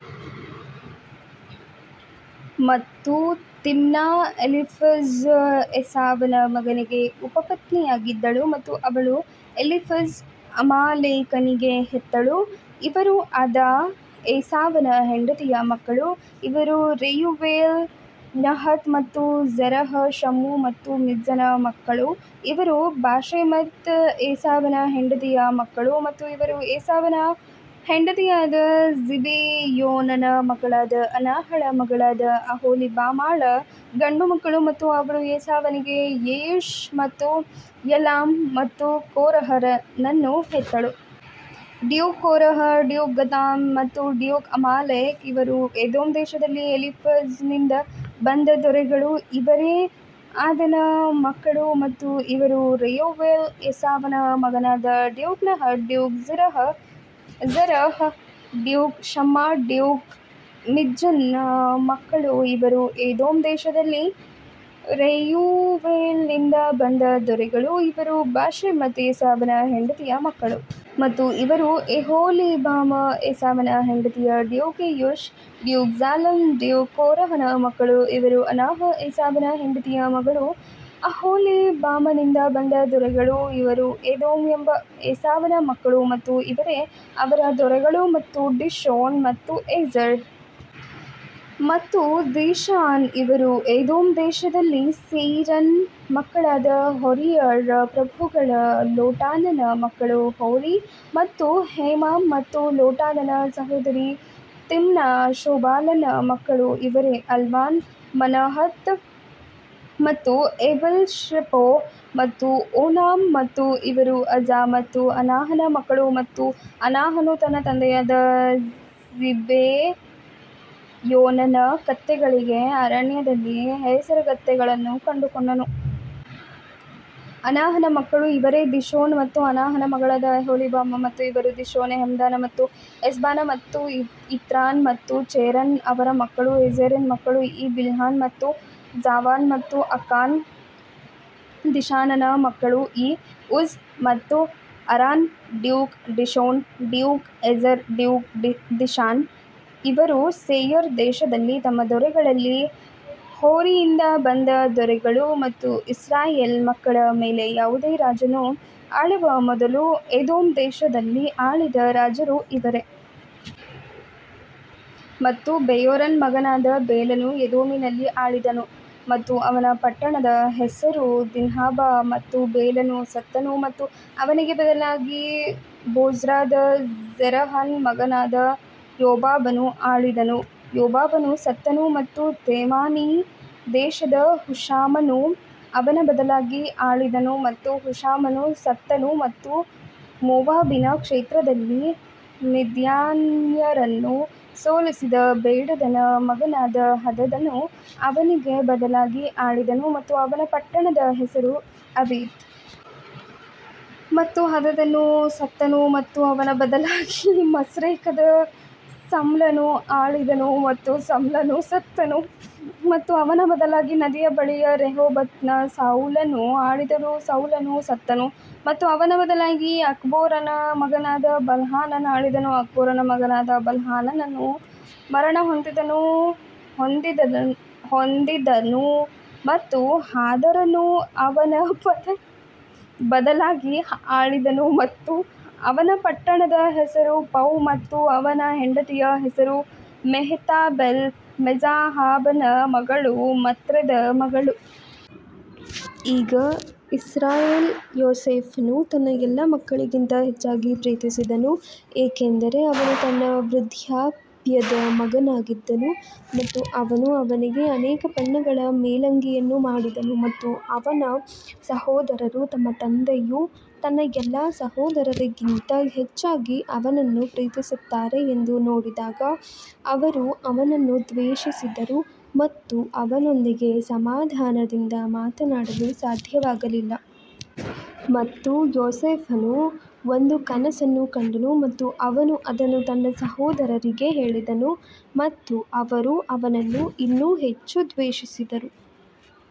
ಮತ್ತು Timna Eliphaz ಏಸಾವನ ಮಗನಿಗೆ ಉಪಪತ್ನಿಯಾಗಿದ್ದಳು ಮತ್ತು ಅವಳು ಎಲೀಫಜ ಅಮಾಲೇಕನಿಗೆ ಹೆತ್ತಳು, ಇವರು ಅದಾ ಏಸಾವನ ಹೆಂಡತಿಯ ಮಕ್ಕಳು. ಇವರು ರೆಯುವೇಲ್ ನಹತ್ ಮತ್ತು ಜೆರಹ ಶಮ್ಮ ಮತ್ತು ಮಿಜ್ಜನ ಮಕ್ಕಳು ಇವರು ಬಾಶೆಮತ್ ಏಸಾವನ ಹೆಂಡತಿಯ ಮಕ್ಕಳು. ಮತ್ತು ಇವರು ಏಸಾವನ ಹೆಂಡತಿಯಾದ ಜಿಬಿಯೋನನ ಮಗಳಾದ ಅನಾಹಳ ಮಗಳಾದ ಅಹೋಲಿಬಾಮಾಳ ಗಂಡುಮಕ್ಕಳು ಮತ್ತು ಅವಳು ಏಸಾವನಿಗೆ ಯೆಯೂಷ್ ಮತ್ತು ಯಾಲಾಮ್ ಮತ್ತು ಕೋರಹನನ್ನು ಹೆತ್ತಳು. ಡ್ಯೂಕ್ ಕೋರಹ ಡ್ಯೂಕ್ ಗತಾಮ್ ಮತ್ತು ಡ್ಯೂಕ್ ಅಮಾಲೇಕ್ ಇವರು ಎದೋಮ್ ದೇಶದಲ್ಲಿ ಎಲೀಫಜನಿಂದ ಬಂದ ದೊರೆಗಳು ಇವರೇ ಆದನ ಮಕ್ಕಳು ಮತ್ತು ಇವರು ರೆಯೂವೇಲ್ ಏಸಾವನ ಮಗನಾದ duke Nahath duke Zerah duke Shammah duke ಮಿಜ್ಜನ ಮಕ್ಕಳು ಇವರು ಎದೋಮ್ ದೇಶದಲ್ಲಿ ರೆಯೂವೇಲನಿಂದ ಬಂದ ದೊರೆಗಳು ಇವರು ಬಾಶೆಮತ್ ಏಸಾವನ ಹೆಂಡತಿಯ ಮಕ್ಕಳು. ಮತ್ತು ಇವರು ಅಹೋಲಿಬಾಮ ಏಸಾವನ ಹೆಂಡತಿಯ duke Jeush duke Jalam duke ಕೋರಹನ ಮಕ್ಕಳು ಇವರು ಅನಾಹ ಏಸಾವನ ಹೆಂಡತಿಯ ಮಗಳು ಅಹೋಲಿಬಾಮನಿಂದ ಬಂದ ದೊರೆಗಳು. ಇವರು ಎದೋಮ್ ಎಂಬ ಏಸಾವನ ಮಕ್ಕಳು ಮತ್ತು ಇವರೇ ಅವರ ದೊರೆಗಳು ಮತ್ತು ಡಿಶೋನ್ ಮತ್ತು ಏಜೆರ್ ಮತ್ತು ದೀಶಾನ್ ಇವರು ಎದೋಮ್ ದೇಶದಲ್ಲಿ ಸೇಯೀರನ ಮಕ್ಕಳಾದ ಹೋರಿಯರ ಪ್ರಭುಗಳು ಲೋಟಾನನ ಮಕ್ಕಳು ಹೋರಿ ಮತ್ತು ಹೇಮಾಮ್ ಮತ್ತು ಲೋಟಾನನ ಸಹೋದರಿ ತಿಮ್ನಾ ಶೋಬಾಲನ ಮಕ್ಕಳು ಇವರೇ ಅಲ್ವಾನ್, ಮನಹತ್ ಮತ್ತು ಏಬಲ್ ಶೆಪೋ ಮತ್ತು ಓನಾಮ್ ಮತ್ತು ಇವರು ಅಜಾ ಮತ್ತು ಅನಾಹನ ಮಕ್ಕಳು ಮತ್ತು ಅನಾಹನು ತನ್ನ ತಂದೆಯಾದ ಜಿಬೆಯೋನನ ಕತ್ತೆಗಳಿಗೆ ಅರಣ್ಯದಲ್ಲಿ ಹೇಸರಗತ್ತೆಗಳನ್ನು ಕಂಡುಕೊಂಡನು. ಅನಾಹನ ಮಕ್ಕಳು ಇವರೇ ದೀಶೋನ್ ಮತ್ತು ಅನಾಹನ ಮಗಳಾದ ಅಹೋಲಿಬಾಮ ಮತ್ತು ಇವರು ದಿಶೋನ್ ಹೆಮ್ದಾನ್ ಮತ್ತು ಎಸ್ಬಾನ್ ಮತ್ತು ಇತ್ರಾನ್ ಮತ್ತು ಚೇರನ್ ಅವರ ಮಕ್ಕಳು ಏಜೆರನ ಮಕ್ಕಳು ಈ ಬಿಲ್ಹಾನ್ ಮತ್ತು ಜಾವಾನ್ ಮತ್ತು ಅಕಾನ್ ದಿಶಾನನ ಮಕ್ಕಳು ಈ ಉಜ್ ಮತ್ತು Aran duke Dishon duke Ezer duke Dishan ಇವರು ಸೇಯರ್ ದೇಶದಲ್ಲಿ ತಮ್ಮ ದೊರೆಗಳಲ್ಲಿ ಹೋರಿಯಿಂದ ಬಂದ ದೊರೆಗಳು ಮತ್ತು ಇಸ್ರಾಯೇಲ್ ಮಕ್ಕಳ ಮೇಲೆ ಯಾವುದೇ ರಾಜನು ಆಳುವ ಮೊದಲು ಎದೋಮ್ ದೇಶದಲ್ಲಿ ಆಳಿದ ರಾಜರು ಇವರೇ. ಮತ್ತು ಬೆಯೋರನ ಮಗನಾದ ಬೇಲನು ಎದೋಮಿನಲ್ಲಿ ಆಳಿದನು ಮತ್ತು ಅವನ ಪಟ್ಟಣದ ಹೆಸರು ದಿನ್ಹಾಬಾ ಮತ್ತು ಬೇಲನು ಸತ್ತನು ಮತ್ತು ಅವನಿಗೆ ಬದಲಾಗಿ ಬೋಜ್ರಾದ ಜೆರಹನ ಮಗನಾದ ಯೋಬಾಬನು ಆಳಿದನು ಯೋಬಾಬನು ಸತ್ತನು ಮತ್ತು ತೇಮಾನಿ ದೇಶದ ಹುಷಾಮನು ಅವನ ಬದಲಾಗಿ ಆಳಿದನು ಮತ್ತು ಹುಷಾಮನು ಸತ್ತನು ಮತ್ತು ಮೋವಾಬಿನ ಕ್ಷೇತ್ರದಲ್ಲಿ ಮಿದ್ಯಾನ್ಯರನ್ನು ಸೋಲಿಸಿದ ಬೇಡದನ ಮಗನಾದ ಹದದನು ಅವನಿಗೆ ಬದಲಾಗಿ ಆಳಿದನು ಮತ್ತು ಅವನ ಪಟ್ಟಣದ ಹೆಸರು ಅವೀತ್. ಮತ್ತು ಹದದನು ಸತ್ತನು ಮತ್ತು ಅವನ ಬದಲಾಗಿ ಮಸ್ರೇಕದ ಸಮ್ಲನು ಆಳಿದನು ಮತ್ತು ಸಮ್ಲನು ಸತ್ತನು ಮತ್ತು ಅವನ ಬದಲಾಗಿ ನದಿಯ ಬಳಿಯ ರೆಹೋಬೋತ್ನ ಸೌಲನು ಆಳಿದನು ಸೌಲನು ಸತ್ತನು ಮತ್ತು ಅವನ ಬದಲಾಗಿ ಅಕ್ಬೋರನ ಮಗನಾದ ಬಾಲ್ಹಾನನ್ ಆಳಿದನು ಅಕ್ಬೋರನ ಮಗನಾದ ಬಾಲ್ಹಾನಾನನು ಮರಣಹೊಂದಿದನು ಮತ್ತು ಹಾದರನು ಅವನ ಬದಲಾಗಿ ಆಳಿದನು ಮತ್ತು ಅವನ ಪಟ್ಟಣದ ಹೆಸರು ಪೌ ಮತ್ತು ಅವನ ಹೆಂಡತಿಯ ಹೆಸರು ಮೆಹೆತಾಬೆಲ್ ಮೆಜಾಹಾಬನ ಮಗಳು ಮತ್ರೆದ ಮಗಳು. ಈಗ ಇಸ್ರಾಯೇಲ್ ಯೋಸೇಫನು ತನ್ನ ಎಲ್ಲಾ ಮಕ್ಕಳಿಗಿಂತ ಹೆಚ್ಚಾಗಿ ಪ್ರೀತಿಸಿದನು ಏಕೆಂದರೆ ಅವನು ತನ್ನ ವೃದ್ಧಾಪ್ಯದ ಮಗನಾಗಿದ್ದನು ಮತ್ತು ಅವನು ಅವನಿಗೆ ಅನೇಕ ಬಣ್ಣಗಳ ಮೇಲಂಗಿಯನ್ನು ಮಾಡಿದನು. ಮತ್ತು ಅವನ ಸಹೋದರರು ತಮ್ಮ ತಂದೆಯು ತನ್ನ ಎಲ್ಲಾ ಸಹೋದರರಿಗಿಂತ ಹೆಚ್ಚಾಗಿ ಅವನನ್ನು ಪ್ರೀತಿಸುತ್ತಾರೆ ಎಂದು ನೋಡಿದಾಗ ಅವರು ಅವನನ್ನು ದ್ವೇಷಿಸಿದರು ಮತ್ತು ಅವನೊಂದಿಗೆ ಸಮಾಧಾನದಿಂದ ಮಾತನಾಡಲು ಸಾಧ್ಯವಾಗಲಿಲ್ಲ. ಮತ್ತು ಯೋಸೇಫನು ಒಂದು ಕನಸನ್ನು ಕಂಡನು ಮತ್ತು ಅವನು ಅದನ್ನು ತನ್ನ ಸಹೋದರರಿಗೆ ಹೇಳಿದನು ಮತ್ತು ಅವರು ಅವನನ್ನು ಇನ್ನೂ ಹೆಚ್ಚು ದ್ವೇಷಿಸಿದರು।